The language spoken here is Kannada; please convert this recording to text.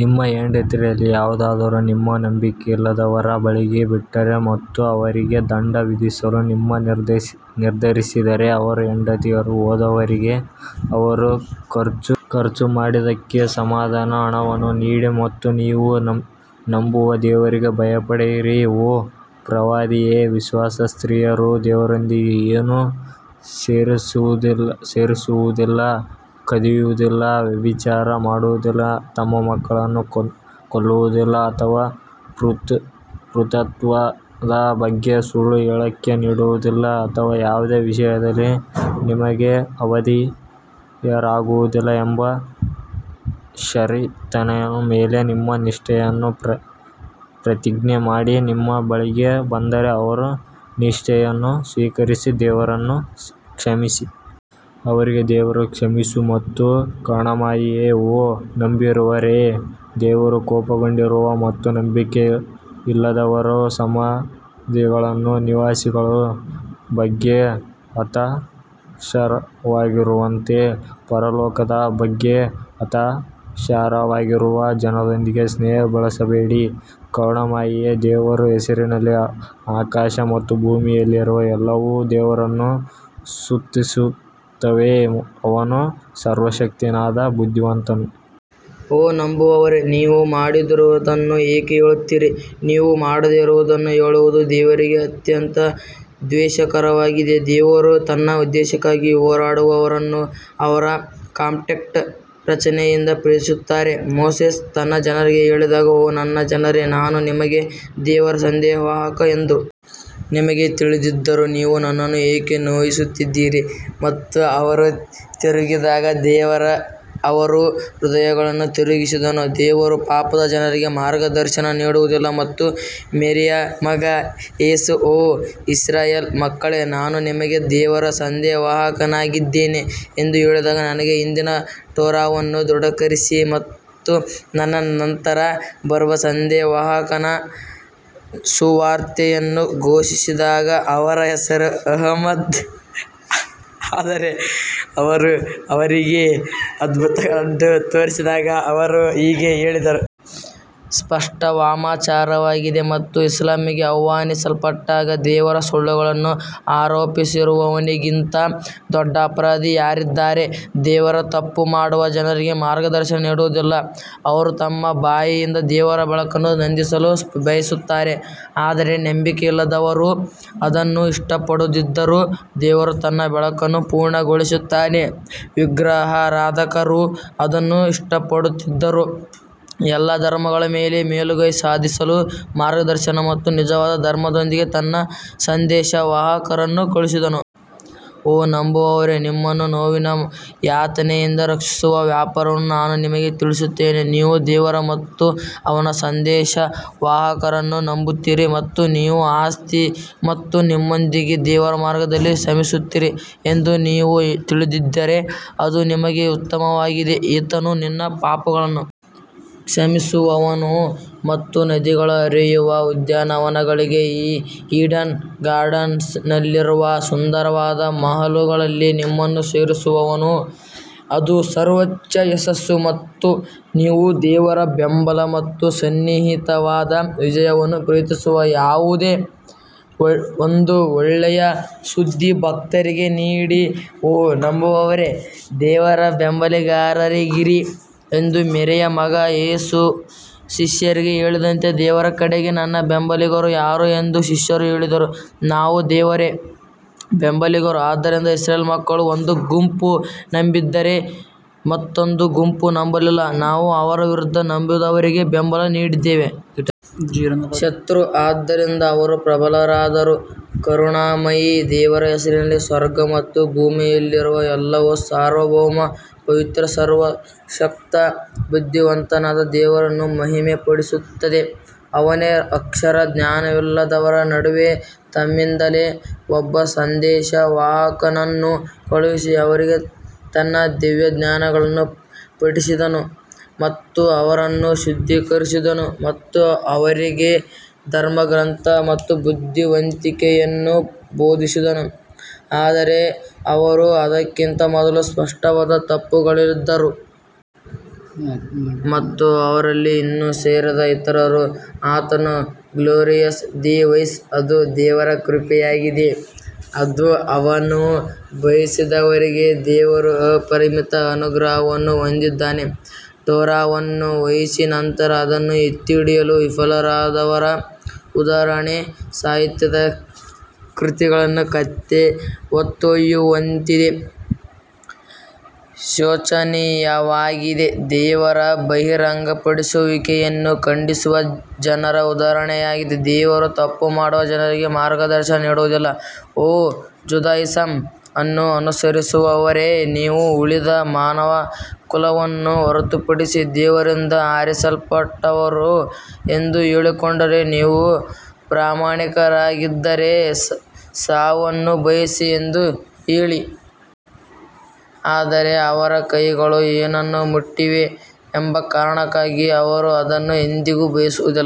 ನಿಮ್ಮ ಹೆಂಡತಿಯರಲ್ಲಿ ಯಾರಾದರೂ ನಿಮ್ಮನ್ನು ನಂಬಿಕೆಯಿಲ್ಲದವರ ಬಳಿಗೆ ಬಿಟ್ಟರೆ ಮತ್ತು ಅವರಿಗೆ ದಂಡ ವಿಧಿಸಲು ನೀವು ನಿರ್ಧರಿಸಿದರೆ ಅವರ ಹೆಂಡತಿಯರು ಹೋದವರಿಗೆ ಅವರು ಖರ್ಚು ಮಾಡಿದ್ದಕ್ಕೆ ಸಮನಾದ ಹಣವನ್ನು ನೀಡಿ ಮತ್ತು ನೀವು ನಂಬುವ ದೇವರಿಗೆ ಭಯಪಡಿರಿ. ಓ ಪ್ರವಾದಿಯೇ, ವಿಶ್ವಾಸಿ ಸ್ತ್ರೀಯರು ದೇವರೊಂದಿಗೆ ಏನನ್ನೂ ಸೇರಿಸುವುದಿಲ್ಲ, ಕದಿಯುವುದಿಲ್ಲ, ವ್ಯಭಿಚಾರ ಮಾಡುವುದಿಲ್ಲ, ತಮ್ಮ ಮಕ್ಕಳನ್ನು ಕೊಲ್ಲುವುದಿಲ್ಲ ಅಥವಾ ಪಿತೃತ್ವದ ಬಗ್ಗೆ ಸುಳ್ಳು ಹೇಳಿಕೆ ನೀಡುವುದಿಲ್ಲ ಅಥವಾ ಯಾವುದೇ ವಿಷಯದಲ್ಲಿ ನಿಮಗೆ ಅವಿಧೇಯರಾಗುವುದಿಲ್ಲ ಎಂಬ ಷರತ್ತಿನ ಮೇಲೆ ನಿಮ್ಮ ನಿಷ್ಠೆಯನ್ನು ಪ್ರತಿಜ್ಞೆ ಮಾಡಿ ನಿಮ್ಮ ಬಳಿಗೆ ಬಂದರೆ ಅವರ ನಿಷ್ಠೆಯನ್ನು ಸ್ವೀಕರಿಸಿ ದೇವರನ್ನು ಕ್ಷಮಿಸಿ. ಅವರಿಗೆ ದೇವರು ಕ್ಷಮಿಸುವ ಮತ್ತು ಕರುಣಾಮಯಿ ಓ ನಂಬುವವರೇ, ದೇವರು ಕೋಪಗೊಂಡಿರುವ ಮತ್ತು ನಂಬಿಕೆಯಿಲ್ಲದವರು ಸಮಾಧಿಗಳ ನಿವಾಸಿಗಳ ಬಗ್ಗೆ ಹತಾಶರಾಗಿರುವಂತೆ ಪರಲೋಕದ ಬಗ್ಗೆ ಹತಾಶರಾಗಿರುವ ಜನರೊಂದಿಗೆ ಸ್ನೇಹ ಬೆಳೆಸಬೇಡಿ. ಕರುಣಾಮಯಿ ದೇವರ ಹೆಸರಿನಲ್ಲಿ ಆಕಾಶ ಮತ್ತು ಭೂಮಿಯಲ್ಲಿರುವ ಎಲ್ಲವೂ ದೇವರನ್ನು ಸ್ತುತಿಸುತ್ತವೆ, ಅವನು ಸರ್ವಶಕ್ತನಾದ ಬುದ್ಧಿವಂತನು ಓ ನಂಬುವವರೇ, ನೀವು ಮಾಡದಿರುವುದನ್ನು ಏಕೆ ಹೇಳುತ್ತೀರಿ ನೀವು ಮಾಡದೇ ಇರುವುದನ್ನು ಹೇಳುವುದು ದೇವರಿಗೆ ಅತ್ಯಂತ ದ್ವೇಷಕರವಾಗಿದೆ ದೇವರು ತನ್ನ ಉದ್ದೇಶಕ್ಕಾಗಿ ಹೋರಾಡುವವರನ್ನು ಅವರು ಕಾಂಪ್ಯಾಕ್ಟ್ ರಚನೆಯಂತೆ ಪ್ರೀತಿಸುತ್ತಾರೆ ಮೋಸೆಸ್ ತನ್ನ ಜನರಿಗೆ ಹೇಳಿದಾಗ ಓ ನನ್ನ ಜನರೇ ನಾನು ನಿಮಗೆ ದೇವರ ಸಂದೇಶವಾಹಕ ಎಂದು ನಿಮಗೆ ತಿಳಿದಿದ್ದರೂ ನೀವು ನನ್ನನ್ನು ಏಕೆ ನೋಯಿಸುತ್ತಿದ್ದೀರಿ ಮತ್ತು ಅವರು ತಿರುಗಿದಾಗ ದೇವರು ಅವರ ಹೃದಯಗಳನ್ನು ತಿರುಗಿಸಿದನು ದೇವರು ಪಾಪದ ಜನರಿಗೆ ಮಾರ್ಗದರ್ಶನ ನೀಡುವುದಿಲ್ಲ ಮತ್ತು ಮೇರಿಯ ಮಗ ಯೇಸು, ಓ ಇಸ್ರಾಯೇಲ್ ಮಕ್ಕಳೇ ನಾನು ನಿಮಗೆ ದೇವರ ಸಂದೇಶವಾಹಕನಾಗಿದ್ದೇನೆ ಎಂದು ಹೇಳಿದಾಗ, ನನಗೆ ಹಿಂದಿನ ಟೋರಾವನ್ನು ದೃಢೀಕರಿಸಿ ಮತ್ತು ನನ್ನ ನಂತರ ಬರುವ ಸಂದೇಶವಾಹಕನ ಸುವಾರ್ತೆಯನ್ನು ಘೋಷಿಸಿದಾಗ ಅವರ ಹೆಸರು ಅಹ್ಮದ್ ಆದರೆ ಅವರು ಅವರಿಗೆ ಅದ್ಭುತಗಳನ್ನು ತೋರಿಸಿದಾಗ ಅವರು ಹೀಗೆ ಹೇಳಿದರು. ಸ್ಪಷ್ಟ ವಾಮಾಚಾರವಾಗಿದೆ ಮತ್ತು ಇಸ್ಲಾಮಿಗೆ ಆಹ್ವಾನಿಸಲ್ಪಟ್ಟಾಗ ದೇವರಿಗೆ ಸುಳ್ಳುಗಳನ್ನು ಆರೋಪಿಸುವವನಿಗಿಂತ ದೊಡ್ಡ ಅಪರಾಧಿ ಯಾರಿದ್ದಾರೆ, ದೇವರು ತಪ್ಪು ಮಾಡುವ ಜನರಿಗೆ ಮಾರ್ಗದರ್ಶನ ನೀಡುವುದಿಲ್ಲ ಅವರು ತಮ್ಮ ಬಾಯಿಯಿಂದ ದೇವರ ಬೆಳಕನ್ನು ನಂದಿಸಲು ಬಯಸುತ್ತಾರೆ ಆದರೆ ನಂಬಿಕೆಯಿಲ್ಲದವರು ಅದನ್ನು ಇಷ್ಟಪಡದಿದ್ದರೂ ದೇವರು ತನ್ನ ಬೆಳಕನ್ನು ಪೂರ್ಣಗೊಳಿಸುತ್ತಾನೆ ವಿಗ್ರಹಾರಾಧಕರು ಅದನ್ನು ಇಷ್ಟಪಡದಿದ್ದರೂ ಎಲ್ಲಾ ಧರ್ಮಗಳ ಮೇಲೆ ಮೇಲುಗೈ ಸಾಧಿಸಲು ಮಾರ್ಗದರ್ಶನ ಮತ್ತು ನಿಜವಾದ ಧರ್ಮದೊಂದಿಗೆ ತನ್ನ ಸಂದೇಶವಾಹಕರನ್ನು ಕಳುಹಿಸಿದನು. ಓ ನಂಬುವವರೇ, ನಿಮ್ಮನ್ನು ನೋವಿನ ಯಾತನೆಯಿಂದ ರಕ್ಷಿಸುವ ವ್ಯಾಪಾರವನ್ನು ನಾನು ನಿಮಗೆ ತಿಳಿಸುತ್ತೇನೆ ನೀವು ದೇವರು ಮತ್ತು ಅವನ ಸಂದೇಶವಾಹಕರನ್ನು ನಂಬುತ್ತೀರಿ ಮತ್ತು ನಿಮ್ಮ ಆಸ್ತಿ ಮತ್ತು ನಿಮ್ಮೊಂದಿಗೆ ದೇವರ ಮಾರ್ಗದಲ್ಲಿ ಶ್ರಮಿಸುತ್ತೀರಿ ಎಂದು ನೀವು ತಿಳಿದಿದ್ದರೆ ಅದು ನಿಮಗೆ ಉತ್ತಮವಾಗಿದೆ. ಆತನು ನಿನ್ನ ಪಾಪಗಳನ್ನು ಕ್ಷಮಿಸುವನು ಮತ್ತು ನದಿಗಳು ಹರಿಯುವ ಉದ್ಯಾನವನಗಳಿಗೆ ಮತ್ತು ಈಡನ್ ಗಾರ್ಡನ್ಸ್ನಲ್ಲಿರುವ ಸುಂದರವಾದ ಮಹಲುಗಳಲ್ಲಿ ನಿಮ್ಮನ್ನು ಸೇರಿಸುವನು ಅದು ಸರ್ವೋಚ್ಚ ಯಶಸ್ಸು ಮತ್ತು ನೀವು ದೇವರ ಬೆಂಬಲ ಮತ್ತು ಸನ್ನಿಹಿತವಾದ ವಿಜಯವನ್ನು ಪ್ರೀತಿಸುವ ಯಾವುದೋ ಒಂದು ಒಳ್ಳೆಯ ಸುದ್ದಿಯನ್ನು ಭಕ್ತರಿಗೆ ನೀಡಿ ಓ ನಂಬುವವರೇ ದೇವರ ಬೆಂಬಲಿಗರಾಗಿರಿ ಎಂದು ಮೇರಿಯ ಮಗ ಯೇಸು ಶಿಷ್ಯರಿಗೆ ಹೇಳಿದಂತೆ ದೇವರ ಕಡೆಗೆ ನನ್ನ ಬೆಂಬಲಿಗರು ಯಾರು ಎಂದು ಶಿಷ್ಯರು ಹೇಳಿದರು ನಾವು ದೇವರ ಬೆಂಬಲಿಗರು ಆದ್ದರಿಂದ ಇಸ್ರೇಲ್ ಮಕ್ಕಳ ಒಂದು ಗುಂಪು ನಂಬಿದರೆ ಮತ್ತೊಂದು ಗುಂಪು ನಂಬಲಿಲ್ಲ ನಾವು ಅವರ ವಿರುದ್ಧ ನಂಬಿದವರಿಗೆ ಬೆಂಬಲ ನೀಡಿದ್ದೇವೆ. ಶತ್ರು ಆದ್ದರಿಂದ ಅವರು ಪ್ರಬಲರಾದರು ಕರುಣಾಮಯಿ ದೇವರ ಹೆಸರಿನಲ್ಲಿ ಸ್ವರ್ಗ ಮತ್ತು ಭೂಮಿಯಲ್ಲಿರುವ ಎಲ್ಲವೂ ಸಾರ್ವಭೌಮ, ಪವಿತ್ರ ಸರ್ವಶಕ್ತ ಬುದ್ಧಿವಂತನಾದ ದೇವರನ್ನು ಮಹಿಮೆಪಡಿಸುತ್ತದೆ ಅವನೇ ಅಕ್ಷರ ಜ್ಞಾನವಿಲ್ಲದವರ ನಡುವೆ ತಮ್ಮಿಂದಲೇ ಒಬ್ಬ ಸಂದೇಶವಾಹಕನನ್ನು ಕಳುಹಿಸಿ, ಅವರಿಗೆ ತನ್ನ ದಿವ್ಯಜ್ಞಾನಗಳನ್ನು ಪಠಿಸಿದನು ಮತ್ತು ಅವರನ್ನು ಶುದ್ಧೀಕರಿಸಿದನು ಮತ್ತು ಅವರಿಗೆ ಧರ್ಮಗ್ರಂಥ ಮತ್ತು ಬುದ್ಧಿವಂತಿಕೆಯನ್ನು ಬೋಧಿಸಿದನು, ಆದರೆ ಅವರು ಅದಕ್ಕಿಂತ ಮೊದಲು ಸ್ಪಷ್ಟವಾದ ತಪ್ಪುಗಳಲ್ಲಿದ್ದರು. ಮತ್ತು ಅವರಲ್ಲಿ ಇನ್ನೂ ಸೇರದ ಇತರರು ಆತನು ಗ್ಲೋರಿಯಸ್ ದಿ ವೈಸ್ ಅದು ದೇವರ ಕೃಪೆಯಾಗಿದೆ, ಅದು ಅವನು ಬಯಸಿದವರಿಗೆ ದೇವರು ಅಪರಿಮಿತ ಅನುಗ್ರಹವನ್ನು ಹೊಂದಿದ್ದಾನೆ ಟೋರಾವನ್ನು ವಹಿಸಿ ನಂತರ ಅದನ್ನು ಎತ್ತಿಹಿಡಿಯಲು ವಿಫಲರಾದವರ ಉದಾಹರಣೆ ಸಾಹಿತ್ಯದ ಕೃತಿಗಳನ್ನು ಕತ್ತೆ ಹೊತ್ತೊಯ್ಯುವಂತಿದೆ ಶೋಚನೀಯವಾಗಿದೆ ದೇವರ ಬಹಿರಂಗಪಡಿಸುವಿಕೆಯನ್ನು ಖಂಡಿಸುವ ಜನರ ಉದಾಹರಣೆಯಾಗಿದೆ ದೇವರು ತಪ್ಪು ಮಾಡುವ ಜನರಿಗೆ ಮಾರ್ಗದರ್ಶನ ನೀಡುವುದಿಲ್ಲ ಓ ಜುದಾಯಿಸಂ ಅನ್ನು ಅನುಸರಿಸುವವರೇ, ನೀವು ಉಳಿದ ಮಾನವಕುಲವನ್ನು ಹೊರತುಪಡಿಸಿ ದೇವರಿಂದ ಆರಿಸಲ್ಪಟ್ಟವರು ಎಂದು ಹೇಳಿಕೊಂಡರೆ, ನೀವು ಪ್ರಾಮಾಣಿಕರಾಗಿದ್ದರೆ ಸಾವನ್ನು ಬಯಸಿ ಎಂದು ಹೇಳಿ. ಆದರೆ ಅವರ ಕೈಗಳು ಏನನ್ನು ಮುಂದಿಟ್ಟಿವೆ ಎಂಬ ಕಾರಣಕ್ಕಾಗಿ ಅವರು ಅದನ್ನು ಎಂದಿಗೂ ಬಯಸುವುದಿಲ್ಲ.